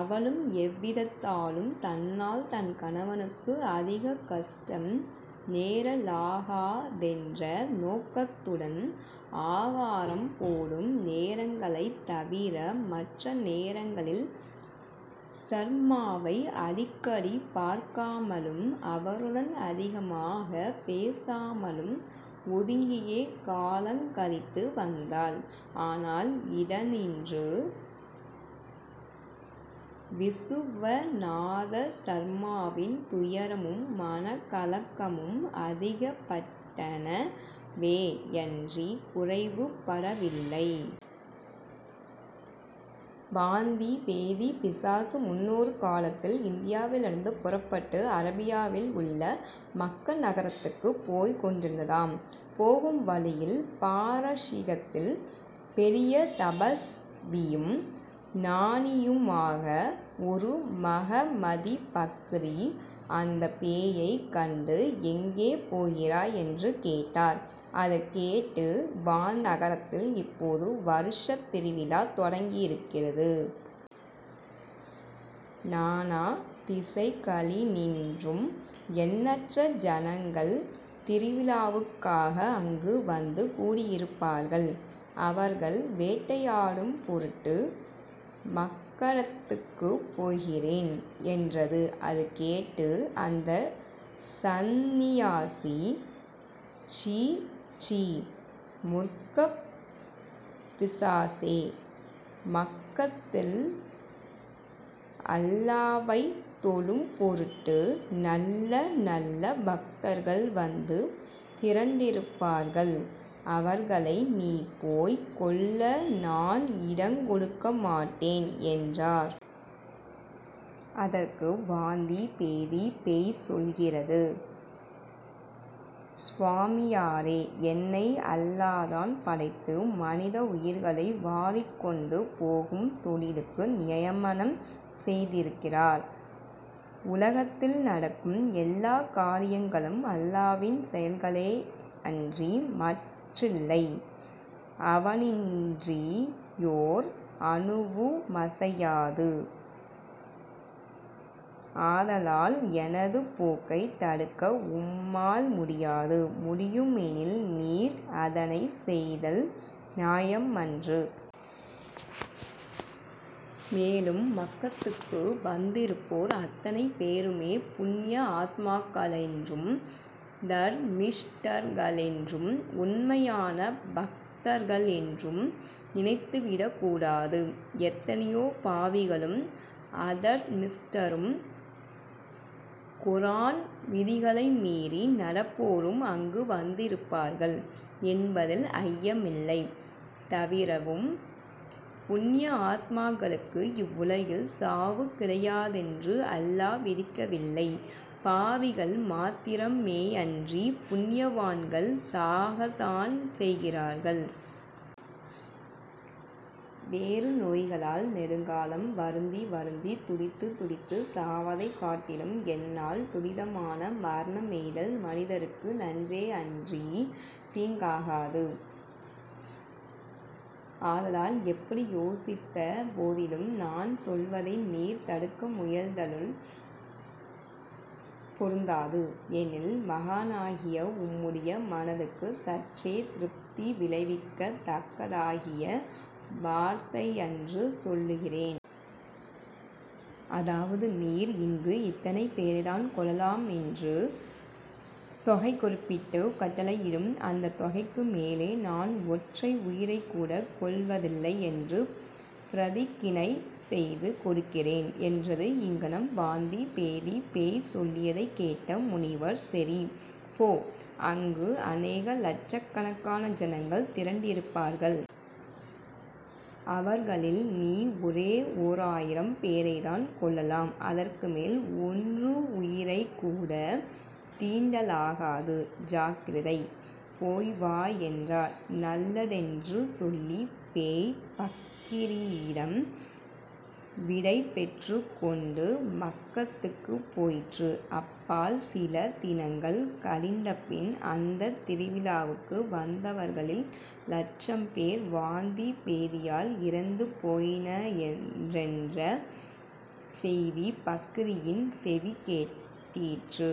அவளும் எவ்விதத்தாலும் தன்னால் தன் கணவனுக்கு அதிகக் கஷ்டம் நேரலாகாதென்ற நோக்கத்துடன், ஆகாரம் போடும் நேரங்களைத் தவிர மற்ற நேரங்களில், சர்மாவை அடிக்கடி பார்க்காமலும், அவருடன் அதிகமாகப் பேசாமலும் ஒதுங்கியே காலங் கழித்து வந்தாள். ஆனால் இதனின்று விசுவநாத சர்மாவின் துயரமும் மனக்கலக்கமும் அதிகப்பட்டனவேயன்றிக் குறைவு படவில்லை. வாந்திப் பேதிப் பிசாசு முன்னொரு காலத்தில் இந்தியாவிலிருந்து புறப்பட்டு அரேபியாவிலுள்ள மக்க நகரத்துக்குப் போய்க் கொண்டிருந்ததாம். போகும் வழியில் பாரஸீகத்தில் பெரிய தபஸ்வியும் ஞானியுமாகிய ஒரு மஹமதிப் பக்கிரி அந்தப் பேயைக் கண்டு ''எங்கே போகிறாய்? '' என்று கேட்டார். அது கேட்டு வாந்தி பேதி சொல்லுகிறது:- ''மக்க நகரத்தில் இப்போது வருஷத் திருவிழா தொடங்கியிருக்கிறது. நானா திசைகளினின்றும் எண்ணற்ற ஜனங்கள் திருவிழாவுக்காக அங்கு வந்து கூடியிருப்பார்கள். அவர்களை வேட்டையாடும் பொருட்டு மக்கட்த்துக்குப் போகிறேன்'' என்றது. அது கேட்டு அந்த சந்நியாசி:- ''சிச்சீ! மூர்க்கப் பிசாசே! மக்கத்தில் அல்லாவைத் தொழும் பொருட்டு நல்ல நல்ல பக்தர்கள் வந்து திரண்டிருப்பார்கள். அவர்களை நீ போய்க் கொல்ல நான் இடங் கொடுக்கமாட்டேன்'' என்றார். அதற்கு வாந்திபேதிப் பேய் சொல்லுகிறது:- ''சுவாமியாரே, என்னையும் அல்லா தான் படைத்து மனித உயிர்களை வாரிக்கொண்டு போகும் தொழிலுக்கு நியமனம் செய்திருக்கிறார். உலகத்தில் நடக்கும் எல்லாக் காரியங்களும் அல்லாவின் செயல்களேயன்றி மற்றில்லை. அவனின்றியோர் அணுவுமசையாது. ஆதலால் எனது போக்கைத் தடுக்க உம்மால் முடியாது. முடியுமெனிலும் நீர் அதனைச் செய்தல் நியாயமன்று. மேலும் மக்கத்துக்கு வந்திருப்போர் அத்தனை பேருமே புண்யாத்மாக்களென்றும் தர்மிஷ்டர்களென்றும் உண்மையான பக்தர்களென்றும் நினைத்து விடக்கூடாது. எத்தனையோ பாவிகளும், அதர்மிஷ்டரும், கொரான் விதிகளை மீறி நடப்போரும் அங்கு வந்திருப்பார்கள் என்பதில் ஐயமில்லை. தவிரவும் புண்யாத்மாக்களுக்கு இவ்வுலகில் சாவு கிடையாதென்று அல்லா விதிக்கவில்லை. பாவிகள் மாத்திரமேயன்றி புண்யவான்களும் சாகத்தான் செய்கிறார்கள். வேறு நோய்களால் நெடுங்காலம் வருந்தி வருந்தித் துடித்துத் துடித்துச் சாவதைக் காட்டிலும் என்னால் துரிதமான மரணமெய்துதல் மனிதருக்கு நன்றேயன்றித் தீங்காகாது. ஆதலால் எப்படி யோசித்த போதிலும், நான் சொல்வதை நீர் தடுக்க முயலுதல் பொருந்தாது. எனிலும், மகானாகிய உம்முடைய மனதுக்குச் சற்றே திருப்தி விளைவிக்கத் தக்கதாகிய வார்த்தையன்று சொல்லுகிறேன். அதாவது, நீர் அங்கு இத்தனை பேரைத்தான் கொல்லலாமென்று தொகை குறிப்பிட்டுக் கட்டளையிடும். அந்தத் தொகைக்கு மேலே நான் ஒற்றை உயிரைக்கூடக் கொல்வதில்லையென்று பிரதிக்கினை செய்து கொடுக்கிறேன்'' என்றது. இங்ஙனம் வாந்தி பேதிப் பேய் சொல்லியதைக் கேட்ட முனிவர்-''சரி; போ. அங்கு அநேக லட்சகணக்கான ஜனங்கள் திரண்டிருப்பார்கள். அவர்களில் நீ ஒரே ஓராயிரம் பேரைத் தான் கொல்லலாம். அதற்கு மேல் ஓருயிரைக்கூடத் தீண்டலாகாது. ஜாக்கிரதை! போய் வா'' என்றார். நல்லதென்று சொல்லிப் பேய் பக்கிரியிடம் விடைபெற்றுக் கொண்டு மக்கத்துக்குப் போயிற்று. அப்பால் சில தினங்கள் கழிந்தபின், அந்தத் திருவிழாவுக்கு வந்தவர்களில் லட்சம் பேர் வாந்தி பேதியால் இறந்து போயினரென்ற செய்தி பக்கரியின் செவிக்கெட்டிற்று.